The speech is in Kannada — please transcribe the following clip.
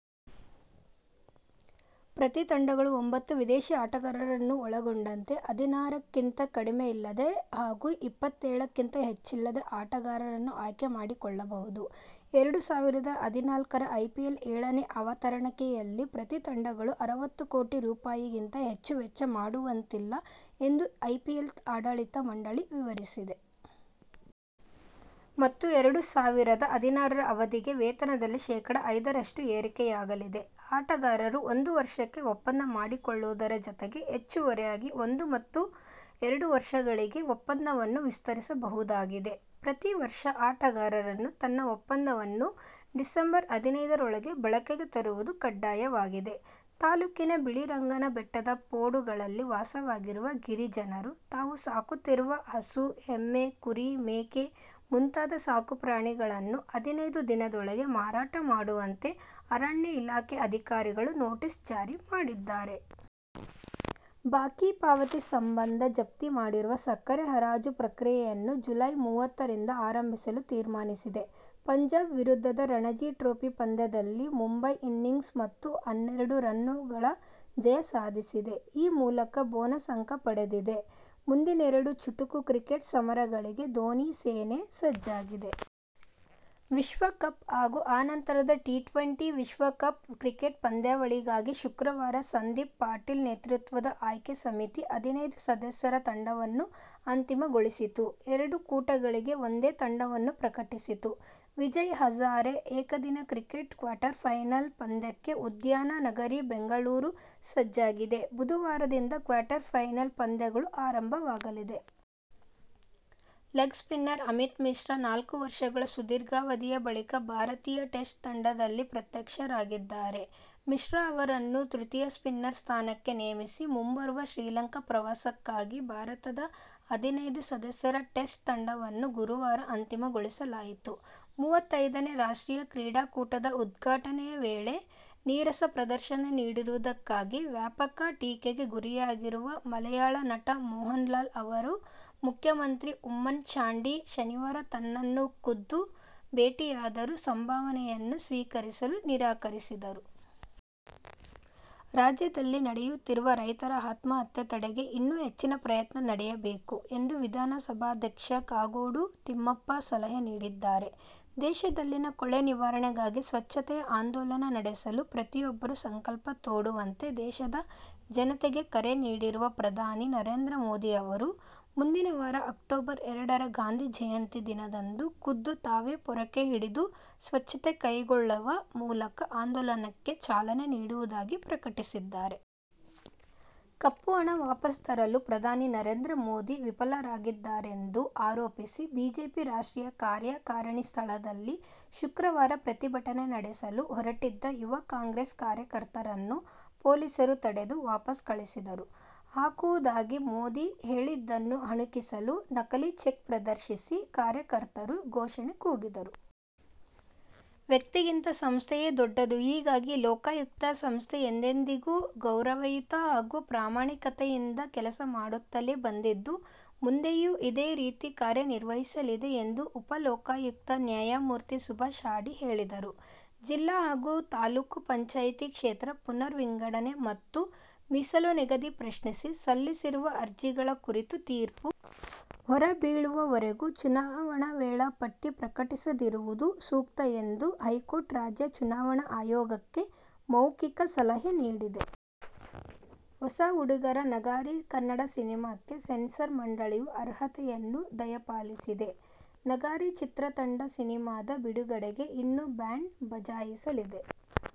ಪ್ರತಿ ತಂಡಗಳು ಒಂಬತ್ತು ವಿದೇಶೀ ಆಟಗಾರರನ್ನು ಒಳಗೊಂಡಂತೆ ಹದಿನಾರಕ್ಕಿಂತ ಕಡಿಮೆ ಇಲ್ಲದೆ ಹಾಗೂ ಇಪ್ಪತ್ತೇಳಕ್ಕಿಂತ ಹೆಚ್ಚಿಲ್ಲದೆ ಆಟಗಾರರನ್ನು ಆಯ್ಕೆ ಮಾಡಿಕೊಳ್ಳಬಹುದು. ಎರಡು ಸಾವಿರದ ಹದಿನಾಲ್ಕರ ಐಪಿಎಲ್ ಏಳನೇ ಆವತರಣಿಕೆಯಲ್ಲಿ ಪ್ರತಿ ತಂಡಗಳು ಅರವತ್ತು ಕೋಟಿ ರೂಪಾಯಿಗಿಂತ ಹೆಚ್ಚು ವೆಚ್ಚ ಮಾಡುವಂತಿಲ್ಲ ಎಂದು ಐಪಿಎಲ್ ಆಡಳಿತ ಮಂಡಳಿ ವಿವರಿಸಿದೆ. ಮತ್ತು ಎರಡು ಸಾವಿರದ ಹದಿನಾರರ ಅವಧಿಗೆ ವೇತನದಲ್ಲಿ ಶೇಖಡ. ಐದರಷ್ಟು ಏರಕೆಯಾಗಲಿದೆ. ಆಟಗಾರರು ಒಂದು ವರ್ಷಕ್ಕೆ ಒಪ್ಪಂದ ಮಾಡಿಕೊಳ್ಳುವುದರ ಜತೆಗೆ ಹೆಚ್ಚುವರಿಯಾಗಿ ಒಂದು ಮತ್ತು ಎರಡು ವರ್ಷಗಳಿಗೆ ಒಪ್ಪಂದವನ್ನು ವಿಸ್ತರಿಸಬಹುದಾಗಿದೆ. ಪ್ರತಿ ವರ್ಷ ಆಟಗಾರನನ್ನು ತನ್ನ ಒಪ್ಪಂದವನ್ನು ಡಿಸಂಬರ್ ಹದಿನೈದರೊಳಗೆ ಬಳಕೆಗೆ ತರುವುದು ಕಡ್ಡಾಯವಾಗಿದೆ. ತಾಲೂಕಿನ ಬಿಳಿಗಿರಿರಂಗನ ಬೆಟ್ಟದ ಪೋಡುಗಳಲ್ಲಿ ವಾಸವಾಗಿರುವ ಗಿರಿಜನರು ತಾವು ಸಾಕುತ್ತಿರುವ ಹಸು, ಎಮ್ಮೆ, ಕುರಿ, ಮೇಕೆ ಮುಂತಾದ ಸಾಕು ಪ್ರಾಣಿಗಳನ್ನು ಹದಿನೈದು ದಿನದೊಳಗೆ ಮಾರಾಟ ಮಾಡುವಂತೆ ಅರಣ್ಯ ಇಲಾಖೆ ಅಧಿಕಾರಿಗಳು ನೋಟಿಸ್ ಜಾರಿ ಮಾಡಿದ್ದಾರೆ. ಬಾಕಿ ಪಾವತಿ ಸಂಬಂಧ ಜಪ್ತಿ ಮಾಡಿರುವ ಸಕ್ಕರೆ ಹರಾಜು ಪ್ರಕ್ರಿಯೆಯನ್ನು ಜುಲೈ ಮೂವತ್ತರಿಂದ ಆರಂಭಿಸಲು ತೀರ್ಮಾನಿಸಿದೆ. ಪಂಜಾಬ್ ವಿರುದ್ಧದ ರಣಜಿ ಟ್ರೋಫಿ ಪಂದ್ಯದಲ್ಲಿ ಮುಂಬಯಿ ಇನ್ನಿಂಗ್ಸ್ ಮತ್ತು ಹನ್ನೆರಡು ರನ್ನುಗಳ ಜಯ ಸಾಧಿಸಿದೆ. ಈ ಮೂಲಕ ಬೋನಸ್ ಅಂಕ ಪಡೆದಿದೆ. ಮುಂದಿನೆರಡು ಚುಟುಕು ಕ್ರಿಕೆಟ್ ಸಮರಗಳಿಗೆ ಧೋನಿ ಸೇನೆ ಸಜ್ಜಾಗಿದೆ. ಏಶ್ಯ ಕಪ್ ಹಾಗೂ ಅನಂತರದ ಟಿ-ಟ್ವೆಂಟಿ ವಿಶ್ವಕಪ್ ಕ್ರಿಕೆಟ್ ಪಂದ್ಯಾವಳಿಗಾಗಿ ಶುಕ್ರವಾರ ಸಂದೀಪ್ ಪಾಟೀಲ್ ನೇತೃತ್ವದ ಆಯ್ಕೆ ಸಮಿತಿ ಹದಿನೈದು ಸದಸ್ಯರ ತಂಡವನ್ನು ಅಂತಿಮಗೊಳಿಸಿತು. ಎರಡೂ ಕೂಟಗಳಿಗೆ ಒಂದೇ ತಂಡವನ್ನು ಪ್ರಕಟಿಸಿತು. ವಿಜಯ್ ಹಜಾರೆ ಏಕದಿನ ಕ್ರಿಕೆಟ್ ಕ್ವಾರ್ಟರ್ಫೈನಲ್ ಪಂದ್ಯಕ್ಕೆ ಉದ್ಯಾನನಗರಿ ಬೆಂಗಳೂರು ಸಜ್ಜಾಗಿದೆ. ಬುಧವಾರದಿಂದ ಕ್ವಾರ್ಟರ್ಫೈನಲ್ ಪಂದ್ಯಗಳು ಆರಂಭವಾಗಲಿವೆ. ಲೆಗ್ ಸ್ಪಿನ್ನರ್ ಅಮಿತ್ ಮಿಶ್ರಾ ನಾಲ್ಕು ವರ್ಷಗಳ ಸುದೀರ್ಘಾವಧಿಯ ಬಳಿಕ ಭಾರತೀಯ ಟೆಸ್ಟ್ ತಂಡದಲ್ಲಿ ಪ್ರತ್ಯಕ್ಷರಾಗಿದ್ದಾರೆ. ಮಿಶ್ರಾ ಅವರನ್ನು ತೃತೀಯ ಸ್ಪಿನ್ನರ್ ಸ್ಥಾನಕ್ಕೆ ನೇಮಿಸಿ ಮುಂಬರುವ ಶ್ರೀಲಂಕಾ ಪ್ರವಾಸಕ್ಕಾಗಿ ಭಾರತದ ಹದಿನೈದು ಸದಸ್ಯರ ಟೆಸ್ಟ್ ತಂಡವನ್ನು ಗುರುವಾರ ಅಂತಿಮಗೊಳಿಸಲಾಯಿತು. ಮೂವತ್ತೈದನೆ ರಾಷ್ಟ್ರೀಯ ಕ್ರೀಡಾಕೂಟದ ಉದ್ಘಾಟನೆ ವೇಳೆ ನೀರಸ ಪ್ರದರ್ಶನ ನೀಡಿರುವುದಕ್ಕಾಗಿ ವ್ಯಾಪಕ ಟೀಕೆಗೆ ಗುರಿಯಾಗಿರುವ ಮಲಯಾಳ ನಟ ಮೋಹನ್ಲಾಲ್ ಅವರು ಮುಖ್ಯಮಂತ್ರಿ ಊಮ್ಮನ್ ಚಾಂಡಿ ಶನಿವಾರ ತನ್ನನ್ನು ಖುದ್ದು ಭೇಟಿಯಾದರೂ ಸಂಭಾವನೆಯನ್ನು ಸ್ವೀಕರಿಸಲು ನಿರಾಕರಿಸಿದರು. ರಾಜ್ಯದಲ್ಲಿ ನಡೆಯುತ್ತಿರುವ ರೈತರ ಆತ್ಮಹತ್ಯೆ ತಡೆಗೆ ಇನ್ನೂ ಹೆಚ್ಚಿನ ಪ್ರಯತ್ನ ನಡೆಯಬೇಕು ಎಂದು ವಿಧಾನಸಭಾಧ್ಯಕ್ಷ ಕಾಗೋಡು ತಿಮ್ಮಪ್ಪ ಸಲಹೆ ನೀಡಿದ್ದಾರೆ. ದೇಶದಲ್ಲಿನ ಕೊಳೆ ನಿವಾರಣೆಗಾಗಿ ಸ್ವಚ್ಛತೆಯ ಆಂದೋಲನ ನಡೆಸಲು ಪ್ರತಿಯೊಬ್ಬರೂ ಸಂಕಲ್ಪ ತೊಡುವಂತೆ ದೇಶದ ಜನತೆಗೆ ಕರೆ ನೀಡಿರುವ ಪ್ರಧಾನಿ ನರೇಂದ್ರ ಮೋದಿ ಅವರು, ಮುಂದಿನವಾರ ಅಕ್ಟೋಬರ್ ಎರಡರ ಗಾಂಧಿ ಜಯಂತಿ ದಿನದಂದು ಖುದ್ದು ತಾವೇ ಪೊರಕೆ ಹಿಡಿದು ಸ್ವಚ್ಛತೆ ಕೈಗೊಳ್ಳುವ ಮೂಲಕ ಆಂದೋಲನಕ್ಕೆ ಚಾಲನೆ ನೀಡುವುದಾಗಿ ಪ್ರಕಟಿಸಿದ್ದಾರೆ. ಕಪ್ಪು ಹಣ ವಾಪಸ್ ತರಲು ಪ್ರಧಾನಿ ನರೇಂದ್ರ ಮೋದಿ ವಿಫಲರಾಗಿದ್ದಾರೆಂದು ಆರೋಪಿಸಿ ಬಿಜೆಪಿ ರಾಷ್ಟ್ರೀಯ ಕಾರ್ಯಕಾರಿಣಿ ಸ್ಥಳದಲ್ಲಿ ಶುಕ್ರವಾರ ಪ್ರತಿಭಟನೆ ನಡೆಸಲು ಹೊರಟಿದ್ದ ಯುವ ಕಾಂಗ್ರೆಸ್ ಕಾರ್ಯಕರ್ತರನ್ನು ಪೊಲೀಸರು ತಡೆದು ವಾಪಸ್ ಕಳಿಸಿದರು. ಹಾಕುವುದಾಗಿ ಮೋದಿ ಹೇಳಿದ್ದನ್ನು ಅಣಕಿಸಲು ನಕಲಿ ಚೆಕ್ ಪ್ರದರ್ಶಿಸಿ ಕಾರ್ಯಕರ್ತರು ಘೋಷಣೆ ಕೂಗಿದರು. ವ್ಯಕ್ತಿಗಿಂತ ಸಂಸ್ಥೆಯೇ ದೊಡ್ಡದು. ಹೀಗಾಗಿ ಲೋಕಾಯುಕ್ತ ಸಂಸ್ಥೆ ಎಂದೆಂದಿಗೂ ಗೌರವಯುತ ಹಾಗೂ ಪ್ರಾಮಾಣಿಕತೆಯಿಂದ ಕೆಲಸ ಮಾಡುತ್ತಲೇ ಬಂದಿದ್ದು, ಮುಂದೆಯೂ ಇದೇ ರೀತಿ ಕಾರ್ಯ ನಿರ್ವಹಿಸಲಿದೆ ಎಂದು ಉಪ ಲೋಕಾಯುಕ್ತ ನ್ಯಾಯಮೂರ್ತಿ ಸುಭಾಷ್ ಅಡಿ ಹೇಳಿದರು. ಜಿಲ್ಲಾ ಹಾಗೂ ತಾಲೂಕು ಪಂಚಾಯ್ತಿ ಕ್ಷೇತ್ರ ಪುನರ್ವಿಂಗಡಣೆ ಮತ್ತು ಮೀಸಲು ನಿಗದಿ ಪ್ರಶ್ನಿಸಿ ಸಲ್ಲಿಸಿರುವ ಅರ್ಜಿಗಳ ಕುರಿತು ತೀರ್ಪು ಹೊರಬೀಳುವವರೆಗೂ ಚುನಾವಣಾ ವೇಳಾಪಟ್ಟಿ ಪ್ರಕಟಿಸದಿರುವುದು ಸೂಕ್ತ ಎಂದು ಹೈಕೋರ್ಟ್ ರಾಜ್ಯ ಚುನಾವಣಾ ಆಯೋಗಕ್ಕೆ ಮೌಖೀಕ ಸಲಹೆ ನೀಡಿದೆ. ಹೊಸ ಹುಡುಗರ "ನಗಾರಿ' ಕನ್ನಡ ಸಿನಿಮಾಕ್ಕೆ ಸೆನ್ಸಾರ್ ಮಂಡಳಿಯು ಅರ್ಹತೆಯನ್ನು ದಯಪಾಲಿಸಿದೆ. "ನಗಾರಿ' ಚಿತ್ರ ತಂಡ ಸಿನಿಮಾದ ಬಿಡುಗಡೆಗೆ ಇನ್ನೂ ಬ್ಯಾಂಡ್ ಬಜಾಯಿಸಲಿದೆ.